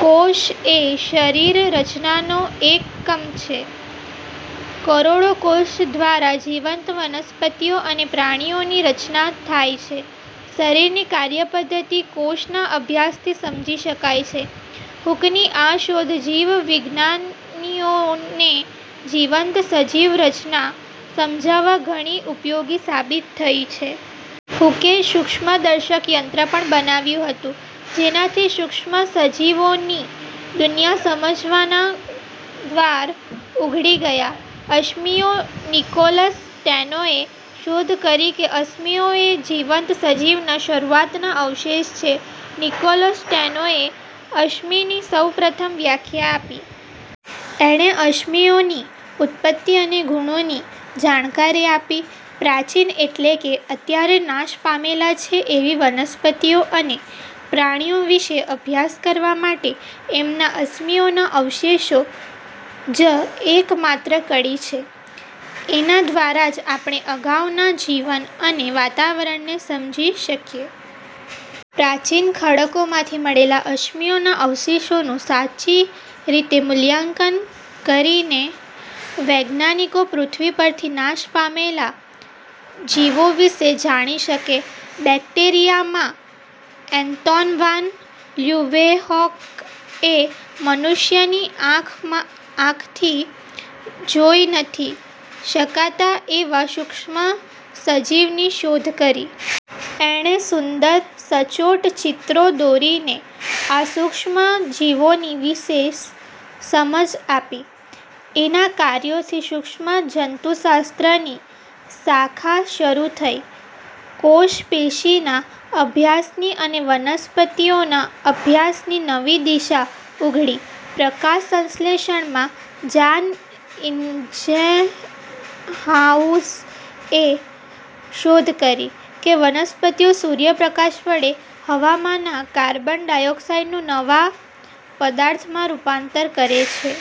કોષ એ શરીર રચનાનો એકમ છે. કરોડો કોષ દ્વારા જીવંત વનસ્પતિઓ અને પ્રાણીઓની રચના થાય છે. શરીરની કાર્યપધ્ધતિ કોષના અભ્યાસથી સમજી શકાય છે. હુકની આ શોધ જીવ વિજ્ઞાનીઓને જીવંત સજીવ રચના સમજવા ઘણી ઉપયોગી સાબિત થઇ છે. હુકએ સુક્ષ્મદર્શક યંત્ર પણ બનાવ્યું હતું જેનાથી સુક્ષ્મ સજીવોની દુનિયા સમજવાના દ્વાર ઉઘડી ગયા. અશ્મિઓ નિકોલસ સ્ટેનોએ શોધ કરી કે અશ્મિઓ એ જીવંત સજીવના શરૂઆતના અવશેષો છે. નિકોલસ સ્ટેનોએ "અશ્મિ"ની સૌપ્રથમ વ્યાખ્યા આપી. એણે અશ્મિઓની ઉત્તપત્તિ અને ગુણોની જાણકારી આપી. પ્રાચીન એટલે કે અત્યારે નાશ પામેલા છે એવી વનસ્પતિઓ અને પ્રાણીઓ વિષે અભ્યાસ કરવા માટે એમના અશ્મિઓના અવશેષો જ એક માત્ર કડી છે. એના દ્વારા જ આપણે અગાઉના જીવન અને વાતાવરણને સમજી શકીએ. પ્રાચીન ખડકોમાંથી મળેલા અશ્મિઓના અવશેષોનું સાચી રીતે મૂલ્યાંકન કરીને વૈજ્ઞાનિકો પૃથ્વી પરથી નાશ પામેલા જીવો વિષે જાણી શકે. બેકટેરિયા માં એન્તોન વાન લ્યુવેન્હોકએ મનુષ્યની આંખથી જોઈ નથી શકાતા એવા સુક્ષ્મ સજીવની શોધ કરી. એણે સુંદર, સચોટ ચિત્રો દોરીને આ સુક્ષ્મ જીવોની વિશેષ સમજ આપી. એના કાર્યોથી સુક્ષ્મ જંતુશાસ્ત્ર ની શાખા શરુ થઇ. કોષપેશીના અભ્યાસની અને વનસ્પતિઓના અભ્યાસની નવી દિશા ઉઘડી. પ્રકાશ સંશ્લેષણ માં જાન ઇન્જેનહાઉઝએ શોધ કરી કે વનસ્પતિઓ સૂર્યપ્રકાશ વડે હવામાંના કાર્બન ડાયોક્સાઈડનું નવા પદાર્થમાં રૂપાંતર કરે છે.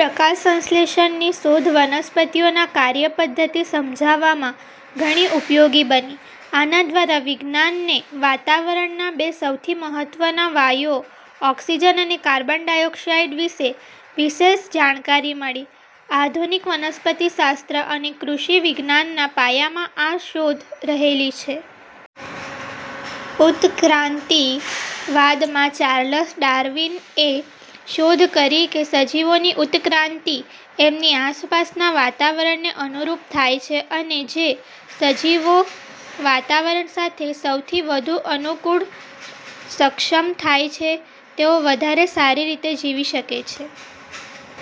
પ્રકાશ સંશ્લેષણની શોધ વનસ્પતિઓની કાર્ય પધ્ધતિ સમજવામાં ઘણી ઉપયોગી બની. આના દ્વારા વિજ્ઞાનને વાતાવરણના બે સૌથી મહત્વના વાયુઓ ઓક્સીજન અને કાર્બન ડાયોક્સાઈડ વિષે વિશેષ જાણકારી મળી. આધુનિક વનસ્પતિશાસ્ત્ર અને કૃષિ વિજ્ઞાનના પાયામાં આ શોધ રહેલી છે. ઉત્તક્રાંતિ વાદ માં ચાર્લ્સ ડાર્વિનએ શોધ કરી કે સજીવોની ઉત્તક્રાંતિ એમની આસપાસના વાતાવરણને અનુરૂપ થાય છે અને જે સજીવો વાતાવરણ સાથે સૌથી વધુ અનુકુળ સક્ષમ થાય છે તેઓ વધારે સારી રીતે જીવી શકે છે.